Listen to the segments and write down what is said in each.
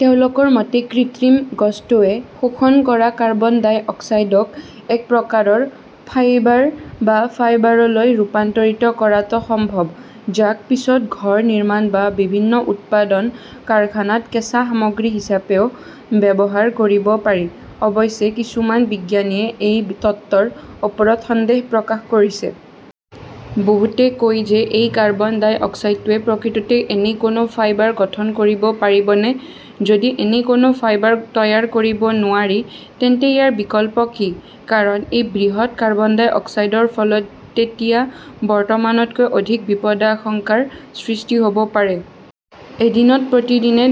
তেওঁলোকৰ মতে, কৃত্ৰিম গছটোৱে শোষণ কৰা কাৰ্বন-ডাই অক্সাইডক এক প্ৰকাৰৰ 'ফাইবাৰ' বা ফাইবাৰলৈ ৰূপান্তৰিত কৰাটো সম্ভৱ, যাক পিছত ঘৰ নিৰ্মাণ বা বিভিন্ন উৎপাদন কাৰখানাত কেঁচা সামগ্ৰী হিচাপেও ব্যৱহাৰ কৰিব পাৰি। অৱশ্যে, কিছুমান বিজ্ঞানীয়ে এই তত্ত্বৰ ওপৰত সন্দেহ প্ৰকাশ কৰিছে। বহুতে কয় যে এই কাৰ্বন-ডাই অক্সাইডটোৱে প্ৰকৃততে এনে কোনো ফাইবাৰ গঠন কৰিব পাৰিবনে? যদি এনে কোনো ফাইবাৰ তৈয়াৰ কৰিব নোৱাৰি, তেন্তে ইয়াৰ বিকল্প কি? কাৰণ এই বৃহৎ কাৰ্বন-ডাই অক্সাইডৰ ফলত তেতিয়া বৰ্তমানতকৈ অধিক বিপদাশংকাৰ সৃষ্টি হ'ব পাৰে। এদিনত প্ৰতিদিনে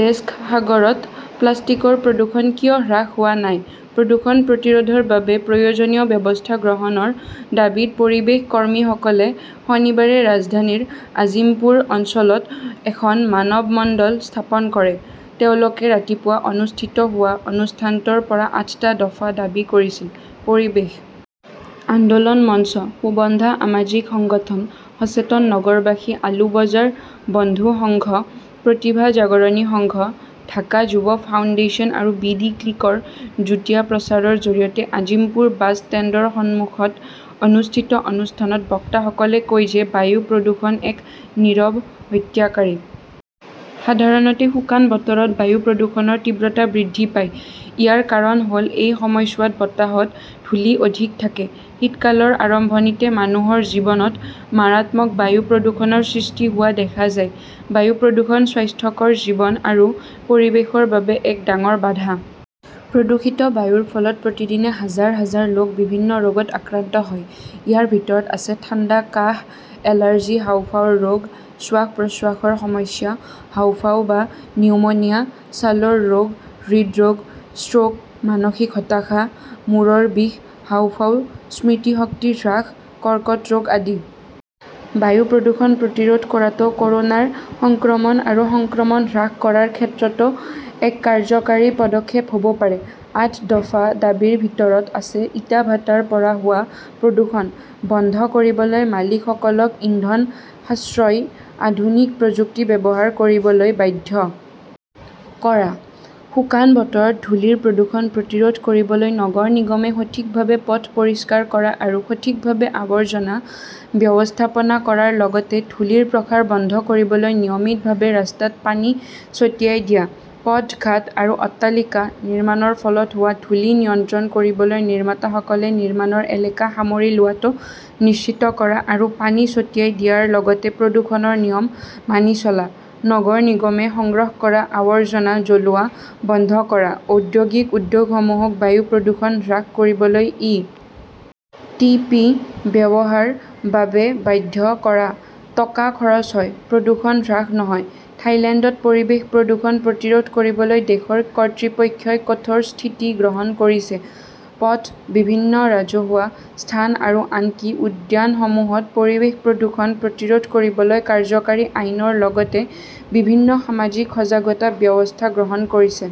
ডেস্ক সাগৰত প্লাষ্টিকৰ প্ৰদূষণ কিয় হ্ৰাস হোৱা নাই প্ৰদূষণ প্ৰতিৰোধৰ বাবে প্ৰয়োজনীয় ব্যৱস্থা গ্ৰহণৰ দাবীত পৰিৱেশ কৰ্মীসকলে শনিবাৰে ৰাজধানীৰ আজিমপুৰ অঞ্চলত এখন মানৱমণ্ডল স্থাপন কৰে। তেওঁলোকে ৰাতিপুৱা অনুষ্ঠিত হোৱা অনুষ্ঠানটোৰ পৰা আঠটা দফা দাবী কৰিছিল। পৰিৱেশ আন্দোলন মঞ্চ, সুবন্ধা সামাজিক সংগঠন, সচেতন নগৰবাসী, আলু বজাৰ বন্ধু সংঘ, প্ৰতিভা জাগৰনী সংঘ, ঢাকা যুৱ ফাউণ্ডেশ্যন আৰু বি. ডি. ক্লিকৰ যুটীয়া প্ৰচাৰৰ জৰিয়তে আজিম্পুৰ বাছ ষ্টেণ্ডৰ সন্মুখত অনুষ্ঠিত অনুষ্ঠানত বক্তাসকলে কয় যে বায়ু প্ৰদূষণ এক নীৰৱ হত্যাকাৰী। সাধাৰণতে শুকান বতৰত বায়ু প্ৰদূষণৰ তীব্ৰতা বৃদ্ধি পায়। ইয়াৰ কাৰণ হ'ল এই সময়ছোৱাত বতাহত ধূলি অধিক থাকে। শীতকালৰ আৰম্ভণিতে মানুহৰ জীৱনত মাৰাত্মক বায়ু প্ৰদূষণৰ সৃষ্টি হোৱা দেখা যায়। বায়ু প্ৰদূষণ স্বাস্থ্যকৰ জীৱন আৰু পৰিৱেশৰ বাবে এক ডাঙৰ বাধা। প্ৰদূষিত বায়ুৰ ফলত প্ৰতিদিনে হাজাৰ হাজাৰ লোক বিভিন্ন ৰোগত আক্ৰান্ত হয়। ইয়াৰ ভিতৰত আছে-ঠাণ্ডা কাহ, এলাৰ্জি, হাঁওফাঁওৰ ৰোগ, শ্বাস-প্ৰশ্বাসৰ সমস্যা, হাঁওফাঁও বা নিউমোনিয়া, ছালৰ ৰোগ, হৃদৰোগ, ষ্ট্ৰোক, মানসিক হতাশা, মূৰৰ বিষ, হাঁওফাঁও, স্মৃতিশক্তি হ্ৰাস, কৰ্কট ৰোগ আদি। বায়ু প্ৰদূষণ প্ৰতিৰোধ কৰাটো ক'ৰোনাৰ সংক্ৰমণ আৰু সংক্ৰমণ হ্ৰাস কৰাৰ ক্ষেত্ৰতো এক কাৰ্যকৰী পদক্ষেপ হ'ব পাৰে। আঠ দফা দাবীৰ ভিতৰত আছে-ইটাভাটাৰ পৰা হোৱা প্ৰদূষণ বন্ধ কৰিবলৈ মালিকসকলক ইন্ধন-সাশ্ৰয়ী আধুনিক প্ৰযুক্তি ব্যৱহাৰ কৰিবলৈ বাধ্য কৰা, শুকান বতৰত ধূলিৰ প্ৰদূষণ প্ৰতিৰোধ কৰিবলৈ নগৰ নিগমে সঠিকভাৱে পথ পৰিষ্কাৰ কৰা আৰু সঠিকভাৱে আৱৰ্জনা ব্যৱস্থাপনা কৰাৰ লগতে ধূলিৰ প্ৰসাৰ বন্ধ কৰিবলৈ নিয়মিতভাৱে ৰাস্তাত পানী ছটিয়াই দিয়া, পথ-ঘাট আৰু অট্টালিকা নিৰ্মাণৰ ফলত হোৱা ধূলি নিয়ন্ত্ৰণ কৰিবলৈ নিৰ্মাতাসকলে নিৰ্মাণৰ এলেকা সামৰি লোৱাটো নিশ্চিত কৰা আৰু পানী ছটিয়াই দিয়াৰ লগতে প্ৰদূষণৰ নিয়ম মানি চলা, নগৰ নিগমে সংগ্ৰহ কৰা আৱৰ্জনা জ্বলোৱা বন্ধ কৰা, ঔদ্যোগিক উদ্যোগসমূহক বায়ু প্ৰদূষণ হ্ৰাস কৰিবলৈ ই. টি. পি. ব্যৱহাৰ বাবে বাধ্য কৰা। টকা খৰচ হয়, প্ৰদূষণ হ্ৰাস নহয় ।থাইলেণ্ডত পৰিৱেশ প্ৰদূষণ প্ৰতিৰোধ কৰিবলৈ দেশৰ কৰ্তৃপক্ষই কঠোৰ স্থিতি গ্ৰহণ কৰিছে। পথ, বিভিন্ন ৰাজহুৱা স্থান আৰু আনকি উদ্যানসমূহত পৰিৱেশ প্ৰদূষণ প্ৰতিৰোধ কৰিবলৈ কাৰ্যকৰী আইনৰ লগতে বিভিন্ন সামাজিক সজাগতা ব্যৱস্থা গ্ৰহণ কৰিছে।